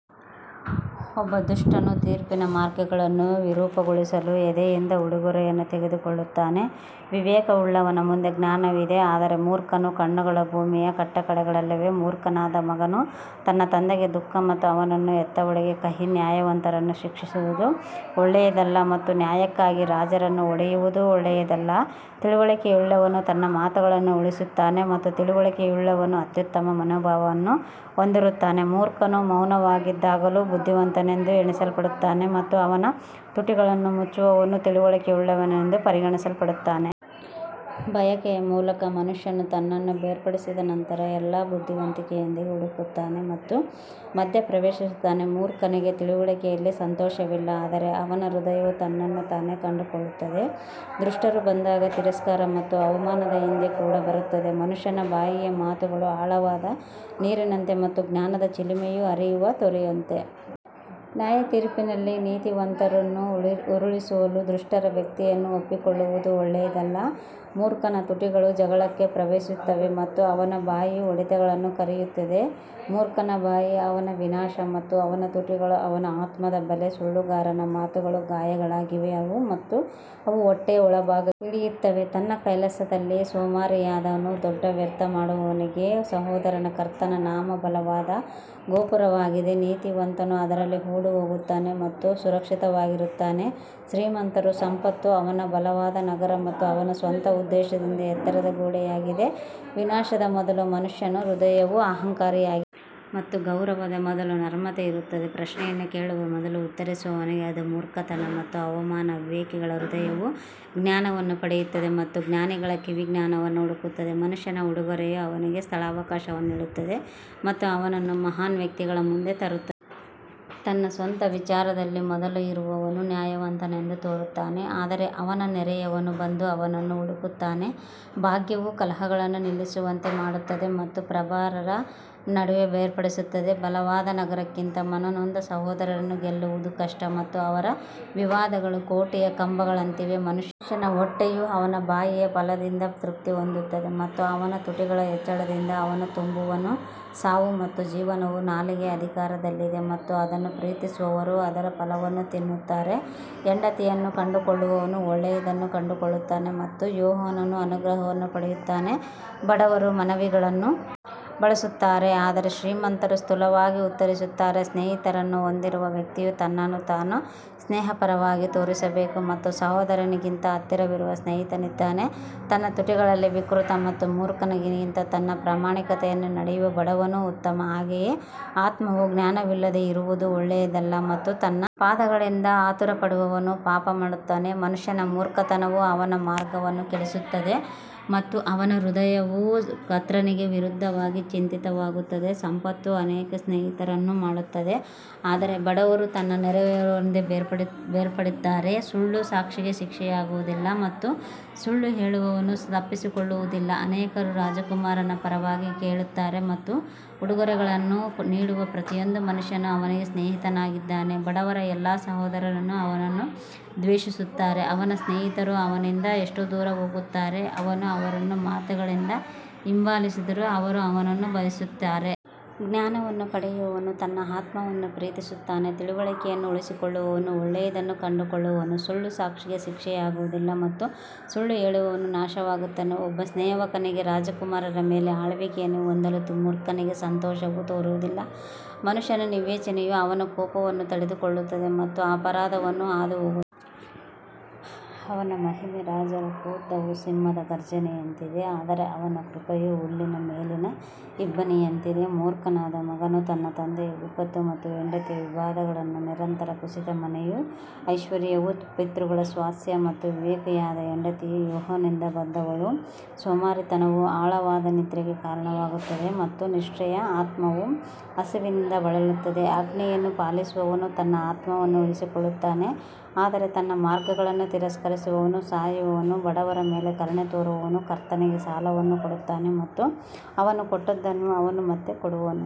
ಒಬ್ಬ ದುಷ್ಟನು ತೀರ್ಪಿನ ಮಾರ್ಗಗಳನ್ನು ವಿರೂಪಗೊಳಿಸಲು ಎದೆಯಿಂದ ಉಡುಗೊರೆಯನ್ನು ತೆಗೆದುಕೊಳ್ಳುತ್ತಾನೆ ವಿವೇಕವುಳ್ಳವನ ಮುಂದೆ ಜ್ಞಾನವಿದೆ ಆದರೆ ಮೂರ್ಖನ ಕಣ್ಣುಗಳು ಭೂಮಿಯ ಕಟ್ಟಕಡೆಗಳಲ್ಲಿವೆ ಮೂರ್ಖನಾದ ಮಗನು ತನ್ನ ತಂದೆಗೆ ದುಃಖ ಮತ್ತು ಅವನನ್ನು ಹೆತ್ತವಳಿಗೆ ಕಹಿ ನ್ಯಾಯವಂತರನ್ನು ಶಿಕ್ಷಿಸುವುದು ಒಳ್ಳೆಯದಲ್ಲ ಮತ್ತು ನ್ಯಾಯಕ್ಕಾಗಿ ರಾಜರನ್ನು ಹೊಡೆಯುವುದು ಒಳ್ಳೆಯದಲ್ಲ ತಿಳುವಳಿಕೆಯುಳ್ಳವನು ತನ್ನ ಮಾತುಗಳನ್ನು ಉಳಿಸುತ್ತಾನೆ ಮತ್ತು ತಿಳುವಳಿಕೆಯುಳ್ಳವನು ಅತ್ಯುತ್ತಮ ಮನೋಭಾವವನ್ನು ಹೊಂದಿರುತ್ತಾನೆ ಮೂರ್ಖನು ಮೌನವಾಗಿದ್ದಾಗಲೂ ಬುದ್ಧಿವಂತನೆಂದು ಎಣಿಸಲ್ಪಡುತ್ತಾನೆ ಮತ್ತು ಅವನ ತುಟಿಗಳನ್ನು ಮುಚ್ಚುವವನು ತಿಳುವಳಿಕೆಯುಳ್ಳವನೆಂದು ಪರಿಗಣಿಸಲ್ಪಡುತ್ತಾನೆ. ಬಯಕೆಯ ಮೂಲಕ ಮನುಷ್ಯನು ತನ್ನನ್ನು ಬೇರ್ಪಡಿಸಿದ ನಂತರ ಎಲ್ಲಾ ಬುದ್ಧಿವಂತಿಕೆಯೊಂದಿಗೆ ಹುಡುಕುತ್ತಾನೆ ಮತ್ತು ಮಧ್ಯಪ್ರವೇಶಿಸುತ್ತಾನೆ ಮೂರ್ಖನಿಗೆ ತಿಳುವಳಿಕೆಯಲ್ಲಿ ಸಂತೋಷವಿಲ್ಲ ಆದರೆ ಅವನ ಹೃದಯವು ತನ್ನನ್ನು ತಾನೇ ಕಂಡುಕೊಳ್ಳುತ್ತದೆ ದುಷ್ಟರು ಬಂದಾಗ ತಿರಸ್ಕಾರ ಮತ್ತು ಅವಮಾನದ ನಿಂದೆ ಕೂಡ ಬರುತ್ತದೆ ಮನುಷ್ಯನ ಬಾಯಿಯ ಮಾತುಗಳು ಆಳವಾದ ನೀರಿನಂತೆ ಮತ್ತು ಜ್ಞಾನದ ಚಿಲುಮೆಯು ಹರಿಯುವ ತೊರೆಯಂತೆ. ನ್ಯಾಯತೀರ್ಪಿನಲ್ಲಿ ನೀತಿವಂತರನ್ನು ಉರುಳಿಸಲು ದುಷ್ಟರ ವ್ಯಕ್ತಿಯನ್ನು ಒಪ್ಪಿಕೊಳ್ಳುವುದು ಒಳ್ಳೆಯದಲ್ಲ ಮೂರ್ಖನ ತುಟಿಗಳು ಜಗಳಕ್ಕೆ ಪ್ರವೇಶಿಸುತ್ತವೆ ಮತ್ತು ಅವನ ಬಾಯಿ ಹೊಡೆತಗಳನ್ನು ಕರೆಯುತ್ತದೆ ಮೂರ್ಖನ ಬಾಯಿ ಅವನ ವಿನಾಶ ಮತ್ತು ಅವನ ತುಟಿಗಳು ಅವನ ಆತ್ಮದ ಬಲೆ ಸುಳ್ಳುಗಾರನ ಮಾತುಗಳು ಗಾಯಗಳಾಗಿವೆ ಮತ್ತು ಅವು ಹೊಟ್ಟೆಯ ಒಳಭಾಗಕ್ಕೆ ಇಳಿಯುತ್ತವೆ ತನ್ನ ಕೆಲಸದಲ್ಲಿ ಸೋಮಾರಿಯಾದವನು ದೊಡ್ಡ ವ್ಯರ್ಥ ಮಾಡುವವನಿಗೆ ಸಹೋದರ ಕರ್ತನ ನಾಮವು ಬಲವಾದ ಗೋಪುರವಾಗಿದೆ, ನೀತಿವಂತನು ಅದರಲ್ಲಿ ಓಡಿಹೋಗುತ್ತಾನೆ ಮತ್ತು ಸುರಕ್ಷಿತವಾಗಿರುತ್ತಾನೆ ಶ್ರೀಮಂತರ ಸಂಪತ್ತು ಅವನ ಬಲವಾದ ನಗರ ಮತ್ತು ಅವನ ಸ್ವಂತ ಉದ್ದೇಶದಿಂದ ಎತ್ತರದ ಗೋಡೆಯಾಗಿದೆ ವಿನಾಶದ ಮೊದಲು ಮನುಷ್ಯನ ಹೃದಯವು ಅಹಂಕಾರಿಯಾಗಿದೆ ಮತ್ತು ಗೌರವದ ಮೊದಲು ನಮ್ರತೆ ಇರುತ್ತದೆ ಪ್ರಶ್ನೆಯನ್ನು ಕೇಳುವ ಮೊದಲು ಉತ್ತರಿಸುವವನಿಗೆ ಅದು ಮೂರ್ಖತನ ಮತ್ತು ಅವಮಾನ ವಿವೇಕಿಗಳ ಹೃದಯವು ಜ್ಞಾನವನ್ನು ಪಡೆಯುತ್ತದೆ ಮತ್ತು ಜ್ಞಾನಿಗಳ ಕಿವಿ ಜ್ಞಾನವನ್ನು ಹುಡುಕುತ್ತದೆ ಮನುಷ್ಯನ ಉಡುಗೊರೆಯು ಅವನಿಗೆ ಸ್ಥಳಾವಕಾಶವನ್ನು ನೀಡುತ್ತದೆ ಮತ್ತು ಅವನನ್ನು ಮಹಾನ್ ವ್ಯಕ್ತಿಗಳ ಮುಂದೆ ತರುತ್ತದೆ ತನ್ನ ಸ್ವಂತ ವಿಚಾರದಲ್ಲಿ ಮೊದಲು ಇರುವವನು ನ್ಯಾಯವಂತನೆಂದು ತೋರುತ್ತಾನೆ ಆದರೆ ಅವನ ನೆರೆಯವನು ಬಂದು ಅವನನ್ನು ಹುಡುಕುತ್ತಾನೆ ಭಾಗ್ಯವು ಕಲಹಗಳನ್ನು ನಿಲ್ಲಿಸುವಂತೆ ಮಾಡುತ್ತದೆ ಮತ್ತು ಪ್ರಬಲರ ನಡುವೆ ಬೇರ್ಪಡುತ್ತದೆ ಬಲವಾದ ನಗರಕ್ಕಿಂತ ಮನನೊಂದ ಸಹೋದರನನ್ನು ಗೆಲ್ಲುವುದು ಕಷ್ಟ ಮತ್ತು ಅವರ ವಿವಾದಗಳು ಕೋಟೆಯ ಕಂಬಗಳಂತಿವೆ ಮನುಷ್ಯನ ಹೊಟ್ಟೆಯು ಅವನ ಬಾಯಿಯ ಫಲದಿಂದ ತೃಪ್ತಿ ಹೊಂದುತ್ತದೆ ಮತ್ತು ಅವನ ತುಟಿಗಳ ಹೆಚ್ಚಳದಿಂದ ಅವನು ತುಂಬುವನು ಸಾವು ಮತ್ತು ಜೀವನವು ನಾಲಿಗೆಯ ಅಧಿಕಾರದಲ್ಲಿದೆ ಮತ್ತು ಅದನ್ನು ಪ್ರೀತಿಸುವವರು ಅದರ ಫಲವನ್ನು ತಿನ್ನುತ್ತಾರೆ ಹೆಂಡತಿಯನ್ನು ಕಂಡುಕೊಳ್ಳುವವನು ಒಳ್ಳೆಯದನ್ನು ಕಂಡುಕೊಳ್ಳುತ್ತಾನೆ ಮತ್ತು ಯೆಹೋವನ ಅನುಗ್ರಹವನ್ನು ಪಡೆಯುತ್ತಾನೆ ಬಡವರು ಮನವಿಗಳನ್ನು ಬಳಸುತ್ತಾರೆ ಆದರೆ ಶ್ರೀಮಂತರು ಸ್ಥೂಲವಾಗಿ ಉತ್ತರಿಸುತ್ತಾರೆ ಸ್ನೇಹಿತರನ್ನು ಹೊಂದಿರುವ ವ್ಯಕ್ತಿಯು ತನ್ನನ್ನು ತಾನು ಸ್ನೇಹಪರನಾಗಿ ತೋರಿಸಬೇಕು ಮತ್ತು ಸಹೋದರನಿಗಿಂತ ಹತ್ತಿರವಿರುವ ಸ್ನೇಹಿತನಿದ್ದಾನೆ ತನ್ನ ತುಟಿಗಳಲ್ಲಿ ವಿಕೃತ ಮತ್ತು ಮೂರ್ಖನಿಗಿಂತ ತನ್ನ ಪ್ರಾಮಾಣಿಕತೆಯಲ್ಲಿ ನಡೆಯುವ ಬಡವನು ಉತ್ತಮ ಹಾಗೆಯೇ ಆತ್ಮವು ಜ್ಞಾನವಿಲ್ಲದೆ ಇರುವುದು ಒಳ್ಳೆಯದಲ್ಲ ಮತ್ತು ತನ್ನ ಪಾದಗಳಿಂದ ಆತುರಪಡುವವನು ಪಾಪ ಮಾಡುತ್ತಾನೆ ಮನುಷ್ಯನ ಮೂರ್ಖತನವು ಅವನ ಮಾರ್ಗವನ್ನು ಕೆಡಿಸುತ್ತದೆ ಮತ್ತು ಅವನ ಹೃದಯವು ಕರ್ತನಿಗೆ ವಿರುದ್ಧವಾಗಿ ಚಿಂತಿತವಾಗುತ್ತದೆ ಸಂಪತ್ತು ಅನೇಕ ಸ್ನೇಹಿತರನ್ನು ಮಾಡುತ್ತದೆ ಆದರೆ ಬಡವರು ತನ್ನ ನೆರೆಹೊರೆಯವರಿಂದ ಬೇರ್ಪಟ್ಟಿದ್ದಾರೆ ಸುಳ್ಳು ಸಾಕ್ಷಿಗೆ ಶಿಕ್ಷೆಯಾಗುವುದಿಲ್ಲ ಮತ್ತು ಸುಳ್ಳು ಹೇಳುವವನು ತಪ್ಪಿಸಿಕೊಳ್ಳುವುದಿಲ್ಲ ಅನೇಕರು ರಾಜಕುಮಾರನ ಪರವಾಗಿ ಕೇಳುತ್ತಾರೆ ಮತ್ತು ಉಡುಗೊರೆಗಳನ್ನು ನೀಡುವ ಪ್ರತಿಯೊಬ್ಬ ಮನುಷ್ಯನು ಅವನಿಗೆ ಸ್ನೇಹಿತನಾಗಿದ್ದಾನೆ ಬಡವರ ಎಲ್ಲಾ ಸಹೋದರರು ಅವನನ್ನು ದ್ವೇಷಿಸುತ್ತಾರೆ, ಅವನ ಸ್ನೇಹಿತರು ಅವನಿಂದ ಎಷ್ಟು ದೂರ ಹೋಗುತ್ತಾರೆ, ಅವನು ಅವರನ್ನು ಮಾತುಗಳಿಂದ ಹಿಂಬಾಲಿಸಿದರೂ ಅವರು ಅವನನ್ನು ಬಯಸುತ್ತಾರೆ. ಜ್ಞಾನವನ್ನು ಪಡೆಯುವವನು ತನ್ನ ಆತ್ಮವನ್ನು ಪ್ರೀತಿಸುತ್ತಾನೆ, ತಿಳುವಳಿಕೆಯನ್ನು ಉಳಿಸಿಕೊಳ್ಳುವವನು ಒಳ್ಳೆಯದನ್ನು ಕಂಡುಕೊಳ್ಳುವನು ಸುಳ್ಳು ಸಾಕ್ಷಿಗೆ ಶಿಕ್ಷೆಯಾಗುವುದಿಲ್ಲ ಮತ್ತು ಸುಳ್ಳು ಹೇಳುವವನು ನಾಶವಾಗುತ್ತಾನೆ ಒಬ್ಬ ಸೇವಕನಿಗೆ ರಾಜಕುಮಾರರ ಮೇಲೆ ಆಳ್ವಿಕೆಯನ್ನು ಹೊಂದಲು ಮೂರ್ಖನಿಗೆ ಸಂತೋಷವು ತೋರುತ್ತಿಲ್ಲ ಮನುಷ್ಯನ ವಿವೇಚನೆಯು ಅವನ ಕೋಪವನ್ನು ತಡೆದುಕೊಳ್ಳುತ್ತದೆ ಮತ್ತು ಅಪರಾಧವನ್ನು ಹಾದುಹೋಗುವುದು ಅವನ ಮಹಿಮೆ ರಾಜರ ಕ್ರೋಧವು ಸಿಂಹದ ಘರ್ಜನೆಯಂತಿದೆ ಆದರೆ ಅವನ ಕೃಪೆಯು ಹುಲ್ಲಿನ ಮೇಲಿನ ಇಬ್ಬನಿಯಂತಿದೆ ಮೂರ್ಖನಾದ ಮಗನು ತನ್ನ ತಂದೆಯ ವಿಪತ್ತು ಮತ್ತು ಹೆಂಡತಿಯ ವಿವಾದಗಳು ನಿರಂತರ ಕುಸಿತ ಮನೆಯೂ ಐಶ್ವರ್ಯವೂ ಪಿತೃಗಳ ಸ್ವಾಸ್ತ್ಯ ಮತ್ತು ವಿವೇಕಿಯಾದ ಹೆಂಡತಿಯು ಯೆಹೋವನಿಂದ ಬಂದವಳು ಸೋಮಾರಿತನವು ಆಳವಾದ ನಿದ್ರೆಗೆ ಕಾರಣವಾಗುತ್ತದೆ ಮತ್ತು ನಿಷ್ಕ್ರಿಯ ಆತ್ಮವು ಹಸಿವಿನಿಂದ ಬಳಲುತ್ತದೆ ಆಜ್ಞೆಯನ್ನು ಪಾಲಿಸುವವನು ತನ್ನ ಆತ್ಮವನ್ನು ಉಳಿಸಿಕೊಳ್ಳುತ್ತಾನೆ ಆದರೆ ತನ್ನ ಮಾರ್ಗಗಳನ್ನು ತಿರಸ್ಕರಿಸುವವನು ಸಾಯುವನು ಬಡವರ ಮೇಲೆ ಕರುಣೆ ತೋರುವವನು ಕರ್ತನಿಗೆ ಸಾಲವನ್ನು ಕೊಡುತ್ತಾನೆ ಮತ್ತು ಅವನು ಕೊಟ್ಟದ್ದನ್ನು ಅವನು ಮತ್ತೆ ಕೊಡುವನು.